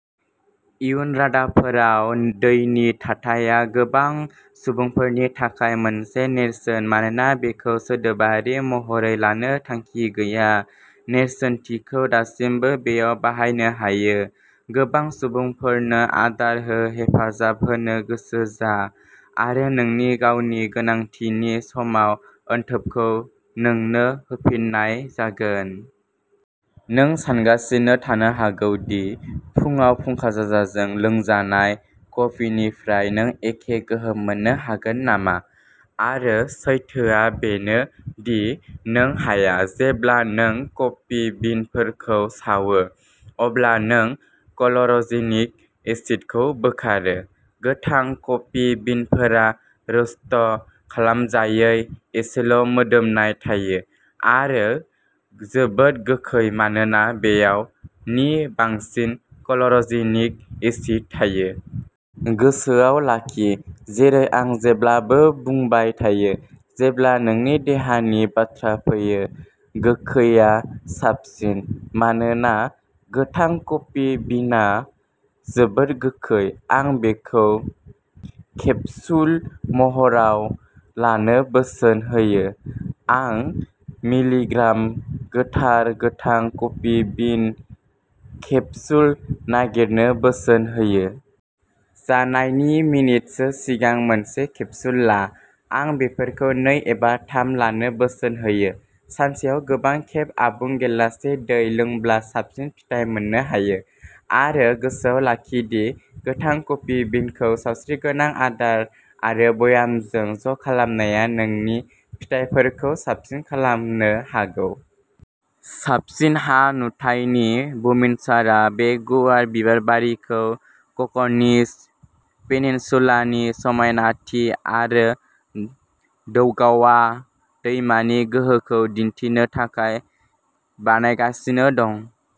इयुन रादाबफोराव, दैनि थाथाया गोबां सुबुंफोरनि थाखाय मोनसे नेरसोन। मानोना बेखौ सोदोबारि महरै लानो थांखि गैया, नेरसोनथिखौ दासिमबो बेयाव बाहायनो हायोः गोबां सुबुंफोरनो आदार हो-हेफाजाब होनो गोसो जा आरो नोंनि गावनि गोनांथिनि समाव, अनथोबखौ नोंनो होफिननाय जागोन। नों सानगासिनो थानो हागौ दि फुंआव फुंखाजाजों लोंजानाय कफिनिफ्राय नों एखे गोहोम मोननो हागोन नामा-आरो सैथोआ बेनो दि नों हाया। जेब्ला नों कफि बिनफोरखौ सावो, अब्ला नों क्ल'र'जेनिक एसिडखौ बोखारो। गोथां कफि बिनफोरा रोस्ट खालामजायै, एसेल'मोदोमनाय थायो आरो जोबोद गोखै-मानोना बेयाव नि बांसिन क्ल'र'जेनिक एसिड थायो। गोसोआव लाखि, जेरै आं जेब्लाबो बुंबाय थायो, जेब्ला नोंनि देहानि बाथ्रा फैयो, "गोखैआ साबसिन"। मानोना गोथां कफि बिनआ जोबोद गोखै, आं बेखौ केप्सुल महराव लानो बोसोन होयो। आं मिलिग्राम गोथार गोथां कफि बिन केप्सुल नागिरनो बोसोन होयो। जानायनि मिनिटसो सिगां मोनसे केप्सुल ला; आं बेफोरखौ नै एबा थाम लानो बोसोन होयो। सानसेयाव गोबां खेब आबुं गिलाससे दै लोंब्ला साबसिन फिथाय मोननो हायो। आरो गोसोआव लाखि दि गोथां कफि बिनखौ सावस्रिगोनां आदार आरो ब्यामजों ज'खालामनाया नोंनि फिथाइफोरखौ साबसिन खालामनो हागौ! साबसिन हा-नुथायनि बुमिनसारआ बे गुवार बिबारबारिखौ क'कनिज पेनिनसुलानि समायनाथि आरो दौगावा दैमानि गोहोखौ दिन्थिनो थाखाय बानायगासिनो दं।